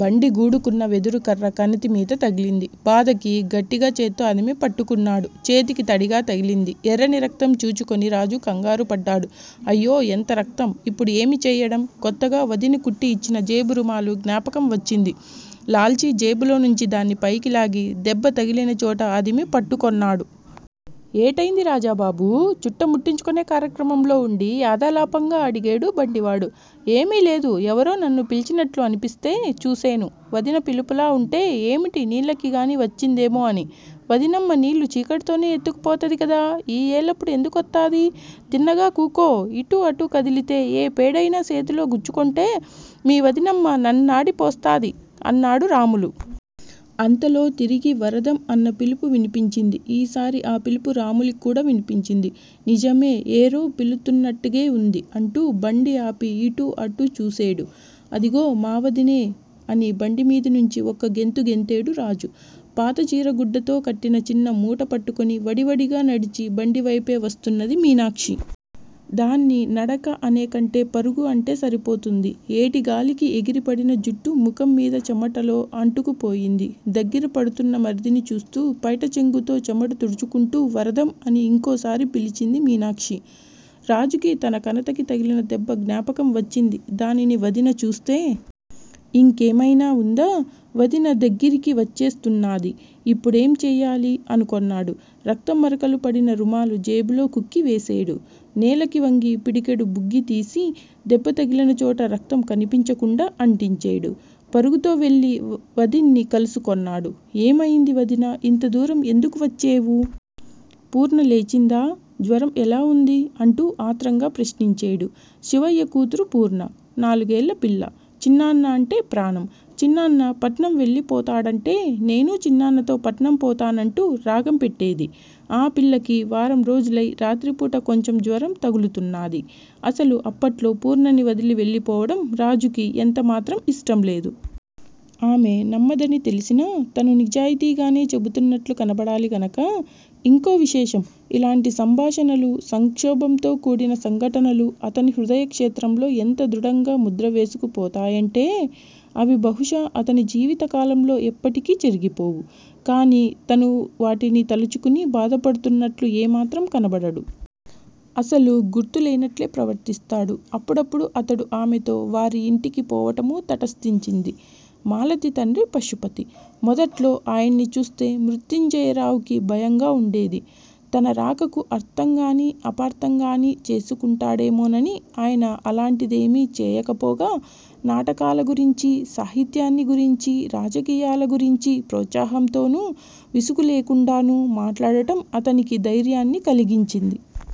బండిగూడుకున్న వెదురుకర్ర కణతమీద తగిలింది. బాధకి గట్టిగా చేత్తో అదిమి పట్టుకున్నాడు. చేతికి తడిగా తగిలింది. ఎర్రని రక్తం చూసుకొని రాజు కంగారుపడ్డాడు. 'అయ్యో, ఎంత రక్తం! ఇప్పుడు ఏమి చెయ్యడం? ' కొత్తగా వదిన కుట్టి ఇచ్చిన జేబురుమాలు జ్ఞాపకం వచ్చింది. లాల్చీ జేబులోనుంచి దాన్ని పైకి లాగి దెబ్బ తగిలినచోట అదిమి పట్టుకొన్నాడు. ఏటయింది, రాజుబాబూ? చుట్ట ముట్టించుకొనే కార్యక్రమంలో ఉండి యాదాలాపంగా అడిగేడు బండివాడు. ఏమీలేదు. ఎవరో నన్ను పిలిచినట్లు అనిపిస్తే చూసేను. వదిన పిలుపులా ఉంటే ఏమిటి నీళ్ళకికాని వచ్చిందేమో అని వదినమ్మ నీళ్ళు చీకటితోనే ఎత్తుకుపోతది కదా! ఈ ఏలప్పుడు ఎందుకొత్తాది? తిన్నగా కూకో. ఇటు అటు కదిలితే ఏ పేడయినా సేతిలో గుచ్చుకొంటే మీ వదినమ్మ నన్నాడిపోస్తాది అన్నాడు రాములు. అంతలో తిరిగి 'వరదం' అన్న పిలుపు వినిపించింది. ఈసారి ఆ పిలుపు రాములుకి కూడా వినిపించింది. నిజమే, ఏరో పిలుత్తున్నట్టగే ఉంది అంటూ బండి ఆపి ఇటు అటు చూసేడు. అదిగో, మా వదినే! అని బండిమీదనించి ఒక్కగెంతు గెంతేడు రాజు. పాత చీరగుడ్డతో కట్టిన చిన్న మూట పట్టుకొని వడివడిగా నడిచి బండివైపే వస్తున్నాది మీనాక్షి. దాన్ని నడక అనేకంటే పరుగు అంటే సరిపోతుంది. ఏటిగాలికి ఎగిరిపడిన జుట్టు ముఖంమీద చెమటలో అంటుకు పోయింది. దగ్గిరపడుతున్న మరిదిని చూస్తూ పైటచెంగుతో చెమట తుడుచుకుంటూ వరదం! అని ఇంకోసారి పిలిచింది మీనాక్షి. రాజుకి తన కణతకి తగిలిన దెబ్బ జ్ఞాపకం వచ్చింది. 'దానిని వదిన చూస్తే? ఇంకేమైనా ఉందా? వదిన దగ్గిరికి వచ్చేస్తున్నాది. ఇప్పుడేం చెయ్యాలి? ' అనుకొన్నాడు. రక్తం మరకలు పడిన రుమాలు జేబులో కుక్కి వేసేడు. నేలకి వంగి పిడికెడు బుగ్గితీసి దెబ్బతగిలినచోట రక్తం కనిపించకుండా అంటించేడు. పరుగుతో వెళ్ళి వదిన్ని కలుసుకొన్నాడు. ఏమయింది, వదినా! ఇంతదూరం ఎందుకు వచ్చేవు? పూర్ణలేచిందా? జ్వరం ఎలా ఉంది? అంటూ ఆత్రంగా ప్రశ్నించేడు. శివయ్య కూతురు పూర్ణ. నాలుగేళ్ళ పిల్ల. చిన్నాన్న అంటే ప్రాణం. చిన్నాన్న పట్నం వెళ్ళిపోతాడంటే 'నేనూ చిన్నాన్నతో పట్నం పోతా'నంటూ రాగం పెట్టేది. ఆ పిల్లకి వారంరోజులై రాత్రిపూట కొంచెం జ్వరం తగులుతున్నాది. అసలు అప్పట్లో పూర్ణని వదిలి వెళ్ళిపోవడం రాజుకి యెంతమాత్రం ఇష్టంలేదు. ఆమె నమ్మదని తెలిసినా, తను నిజాయితీగానే చెబుతున్నట్లు కనబడాలి గనక. ఇంకో విశేషం. ఇలాంటి సంభాషణలు, సంక్షోభంతో కూడిన సంఘటనలూ అతని హృదయక్షేత్రంలో ఎంత దృఢంగా ముద్రవేసుకుపోతాయంటే, అవి బహుశా అతని జీవితకాలంలో ఎప్పటికీ చెరిగిపోవు. కాని తను వాటిని తలచుకుని బాధపడుతున్నట్లు ఏమాత్రం కనబడడు. అసలు గుర్తులేనట్లే ప్రవర్తిస్తాడు. అప్పుడప్పుడు అతడు ఆమెతో వారియింటికి పోవటమూ తటస్థించింది. మాలతి తండ్రి పశుపతి, మొదట్లో ఆయన్ని చూస్తే మృత్యుంజయరావుకి భయంగా వుండేది. తన రాకకు అర్ధంగానీ, అపార్థంగానీ చేసుకుంటాడేమోనని. ఆయన అలాంటిదేమీ చేయకపోగా నాటకాలగురించీ, సాహిత్యాన్ని గురించీ, రాజకీయాలగురించీ ఉత్సాహంతోనూ, విసుగులేకుండానూ మాట్లాడటం అతనికి ధైర్యాన్ని కలిగించింది.